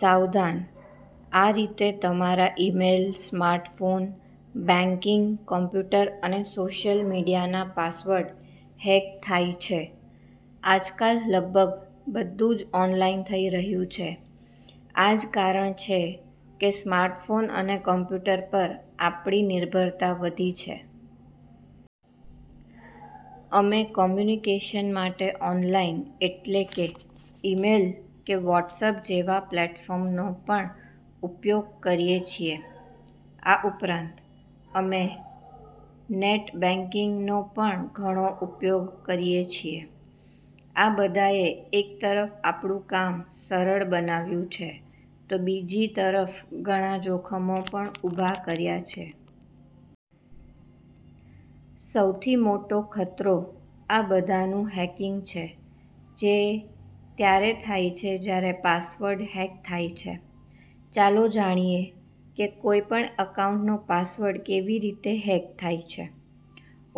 સાવધાન! આ રીતે તમારા ઈમેલ, સ્માર્ટફોન, બેંકિંગ, કોમ્પ્યુટર અને સોશિયલ મીડિયાના પાસવર્ડ હેક થાય છે. આજકાલ લગભગ બધું જ ઓનલાઈન થઈ રહ્યું છે. આ જ કારણ છે કે સ્માર્ટફોન અને કમ્પ્યુટર પર આપણી નિર્ભરતા વધી છે. અમે કોમ્યુનિકેશન માટે ઓનલાઈન એટલે કે ઈમેલ કે વોટ્સએપ જેવા પ્લેટફોર્મનો પણ ઉપયોગ કરીએ છીએ. આ ઉપરાંત, અમે નેટ બેંકિંગનો પણ ઘણો ઉપયોગ કરીએ છીએ. આ બધાએ એક તરફ આપણું કામ સરળ બનાવ્યું છે, તો બીજી તરફ ઘણા જોખમો પણ ઊભા કર્યા છે. સૌથી મોટો ખતરો આ બધાનું હેકિંગ છે, જે ત્યારે થાય છે જ્યારે પાસવર્ડ હેક થાય છે. ચાલો જાણીએ કે કોઈપણ એકાઉન્ટનો પાસવર્ડ કેવી રીતે હેક થાય છે.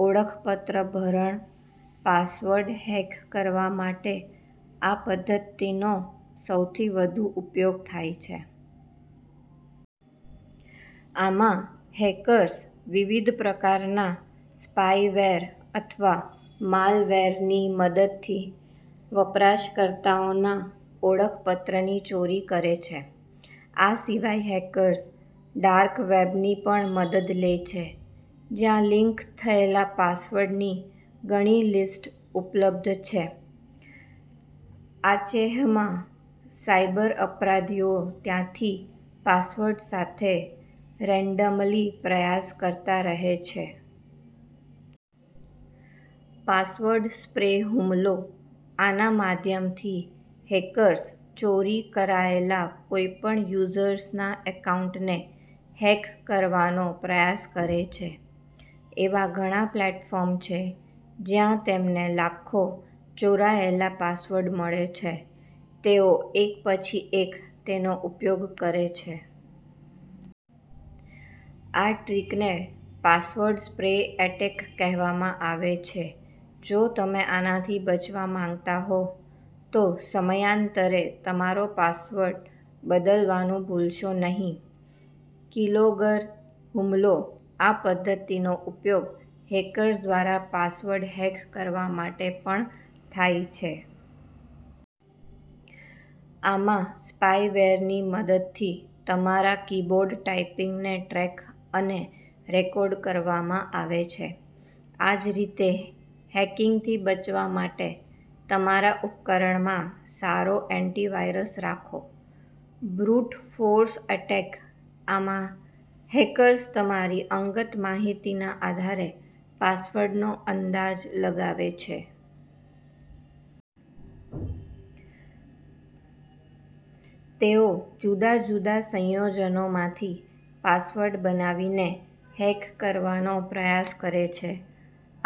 ઓળખપત્ર ભરણ, પાસવર્ડ હેક કરવા માટે આ પદ્ધતિનો સૌથી વધુ ઉપયોગ થાય છે. આમાં, હેકર્સ વિવિધ પ્રકારના સ્પાયવેર અથવા માલવેરની મદદથી વપરાશકર્તાઓના ઓળખપત્રની ચોરી કરે છે. આ સિવાય હેકર્સ ડાર્ક વેબની પણ મદદ લે છે, જ્યાં લીક થયેલા પાસવર્ડ્સની ઘણી લિસ્ટ ઉપલબ્ધ છે. આચેહમાં, સાયબર અપરાધીઓ ત્યાંથી પાસવર્ડ સાથે રેન્ડમલી પ્રયાસ કરતા રહે છે. પાસવર્ડ સ્પ્રે હુમલો, આના માધ્યમથી હેકર્સ ચોરી કરાયેલા કોઈપણ યુઝર્સના એકાઉન્ટને હેક કરવાનો પ્રયાસ કરે છે. એવા ઘણા પ્લેટફોર્મ છે જ્યાં તેમને લાખો ચોરાયેલા પાસવર્ડ મળે છે. તેઓ એક પછી એક તેનો ઉપયોગ કરે છે. આ ટ્રિકને પાસવર્ડ સ્પ્રે એટેક કહેવામાં આવે છે. જો તમે આનાથી બચવા માંગતા હો, તો સમયાંતરે તમારો પાસવર્ડ બદલવાનું ભૂલશો નહીં. કીલોગર હુમલો, આ પદ્ધતિનો ઉપયોગ હેકર્સ દ્વારા પાસવર્ડ હેક કરવા માટે પણ થાય છે. આમાં, સ્પાયવેરની મદદથી, તમારા કીબોર્ડ ટાઇપિંગને ટ્રેક અને રેકોર્ડ કરવામાં આવે છે. એ જ રીતે, હેકિંગથી બચવા માટે, તમારા ઉપકરણમાં સારો એન્ટીવાયરસ રાખો. બ્રુટ ફોર્સ એટેક, આમાં હેકર્સ તમારી અંગત માહિતીના આધારે પાસવર્ડનો અંદાજ લગાવે છે. તેઓ જુદા જુદા સંયોજનોમાંથી પાસવર્ડ બનાવીને હેક કરવાનો પ્રયાસ કરે છે.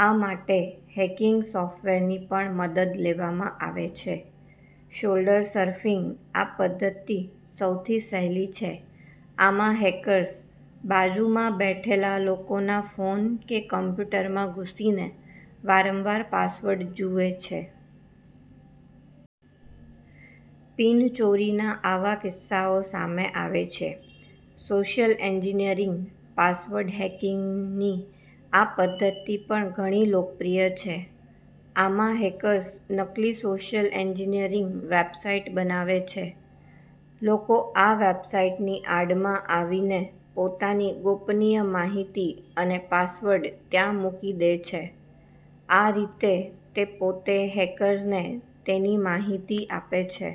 આ માટે હેકિંગ સોફ્ટવેરની પણ મદદ લેવામાં આવે છે. શોલ્ડર સર્ફિંગ, આ પદ્ધતિ સૌથી સહેલી છે. આમાં હેકર્સ બાજુમાં બેઠેલા લોકોના ફોન કે કોમ્પ્યુટરમાં ઘૂસીને વારંવાર પાસવર્ડ જુએ છે. પિન ચોરીના આવા કિસ્સાઓ સામે આવે છે. સોશિયલ એન્જિનિયરિંગ, પાસવર્ડ હેકિંગની આ પદ્ધતિ પણ ઘણી લોકપ્રિય છે. આમાં હેકર્સ નકલી સોશિયલ એન્જિનિયરિંગ વેબસાઇટ બનાવે છે. લોકો આ વેબસાઈટની આડમાં આવીને પોતાની ગોપનીય માહિતી અને પાસવર્ડ ત્યાં મૂકી દે છે. આ રીતે, તે પોતે હેકર્સને તેની માહિતી આપે છે.